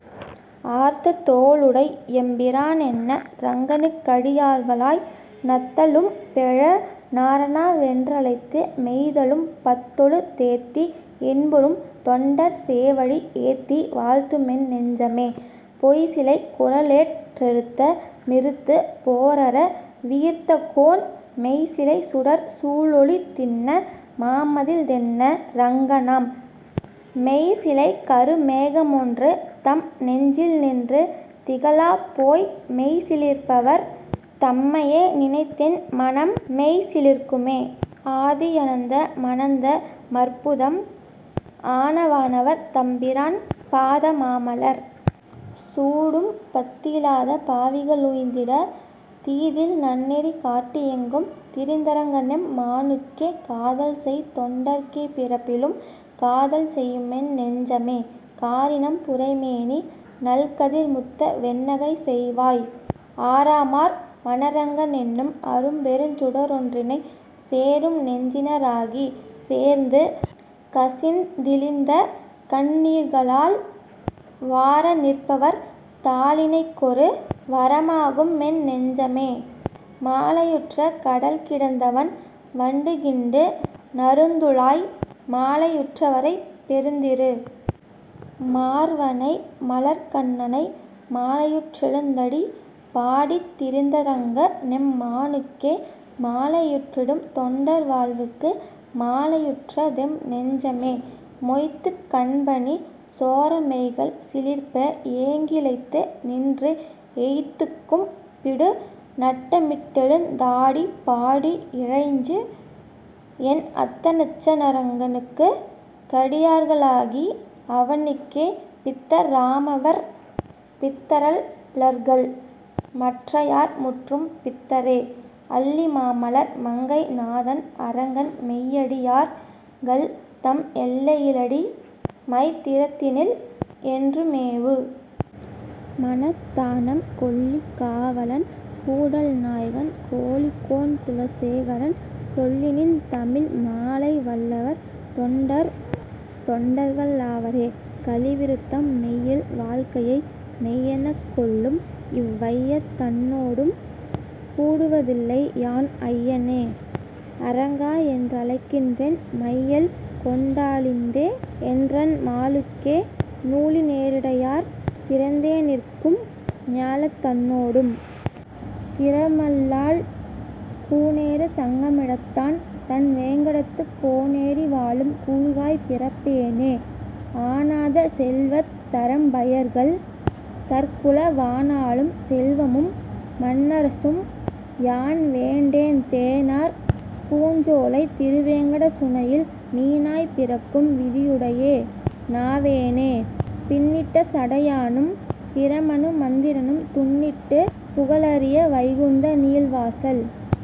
ஆர்த்ததோளுடை யெம்பிரானென்ன ரங்கனுக்கடி யார்களாய் நாத்தழும்பெழ நாரணாவென்ற ழைத்துமெய்தழும் பத்தொழு தேத்தி, இன்புறும் தொண்டர்சேவடி ஏத்திவாழ்த்துமென் நெஞ்சமே பொய்சிலைக்குர லேற்றெருத்தமி றுத்துபோரர வீர்த்தகோன் செய்சிலைச்சுடர் சூழொளித்திண்ண மாமதிள்தென்ன ரங்கனாம் மெய்சிலைக்கரு மேகமொன்றுதம் நெஞ்சில்நின்று திகழப்போய் மெய்சிலிர்ப்பவர் தம்மையேநினைந் தென்மனம்மெய்சி லிர்க்குமே ஆதியந்தம னந்தமற்புதம் ஆனவானவர் தம்பிரான் பாதமாமலர் சூடும்பத்தியி லாதபாவிக ளுய்ந்திட தீதில்நன்னெரி காட்டியெங்கும் திரிந்தரங்கனெம் மானுக்கே காதல்செய்தொண்டர்க் கெப்பிறப்பிலும் காதல்செய்யுமென் னெஞ்சமே காரினம்புரை மேனிநல்கதிர் முத்தவெண்ணகைச் செய்யவாய் ஆரமார்வ னரங்கனென்னும் அரும்பெருஞ்சுட ரொன்றினை சேரும்நெஞ்சின ராகிச்சேர்ந்துக சிந்திழிந்தகண் ணீர்களால் வாரநிற்பவர் தாளிணைக்கொரு வாரமாகுமென் னெஞ்சமே மாலையுற்றக டல்கிடந்தவன் வண்டுகிண்டுந றுந்துழாய் மாலையுற்றவ ரைப்பெருந்திரு மார்வனைமலர்க் கண்ணனை மாலையுற்றெழுந் தடிப்பாடித்தி ரிந்தரங்கனெம் மானுக்கே மாலையுற்றிடும் தொண்டர்வாழ்வுக்கு மாலையுற்றதென் நெஞ்சமே மொய்த்துக்கண்பனி சோரமெய்கள்சி லிர்ப்பஏங்கி யிளைத்துநின்று எய்த்துக்கும்பிடு நட்டமிட்டெழுந் தாடிப்பாடியி றைஞ்சி, என் அத்தனச்ச னரங்கனுக்கடி யார்களாகி அவனுக்கே பித்தராமவர் பித்தரல்லர்கள் மற்றையார்முற்றும் பித்தரே அல்லிமாமலர் மங்கைநாதன் அரங்கன்மெய்யடி யார்கள்தம் எல்லையிலடி மைத்திறத்தினில் என்றுமேவு மனத்தனாம் கொல்லிகாவலன் கூடல்நாயகன் கோழிக்கோன்குல சேகரன் சொல்லினின்தமிழ் மாலைவல்லவர் தொண்டர்தொண்டர்க ளாவரே கலி விருத்தம் மெய்யில் வாழ்க்கையை மெய்யெனக் கொள்ளும்இவ் வையந் தன்னொடும் கூடுவ தில்லையான் ஐய னேஅரங் காஎன்ற ழைக்கின்றேன் மையல் கொண்டாழிந் தேனென்றன் மாலுக்கே நூலி னேரிடை யார்திறத் தேநிற்கும் ஞாலந் தன்னொடும் திறமல்லால் கூனேறு சங்க மிடத்தான்தன் வேங்கடத்து கோனேரி வாழும் குருகாய்ப் பிறப்பேனே ஆனாத செல்வத் தரம்பையர்கள் தற்குழ வானாளும் செல்வமும் மண்ணரசும் யான்வேண்டேன் தேனார்பூஞ் சோலைத் திருவேங்க டச்சுனையில் மீனாய்ப் பிறக்கும் விதியுடையே னாவேனே பின்னிட்ட சடையானும் பிரமனு மந்திரனும் துன்னிட்டு புகலரிய வைகுந்த நீள்வாசல்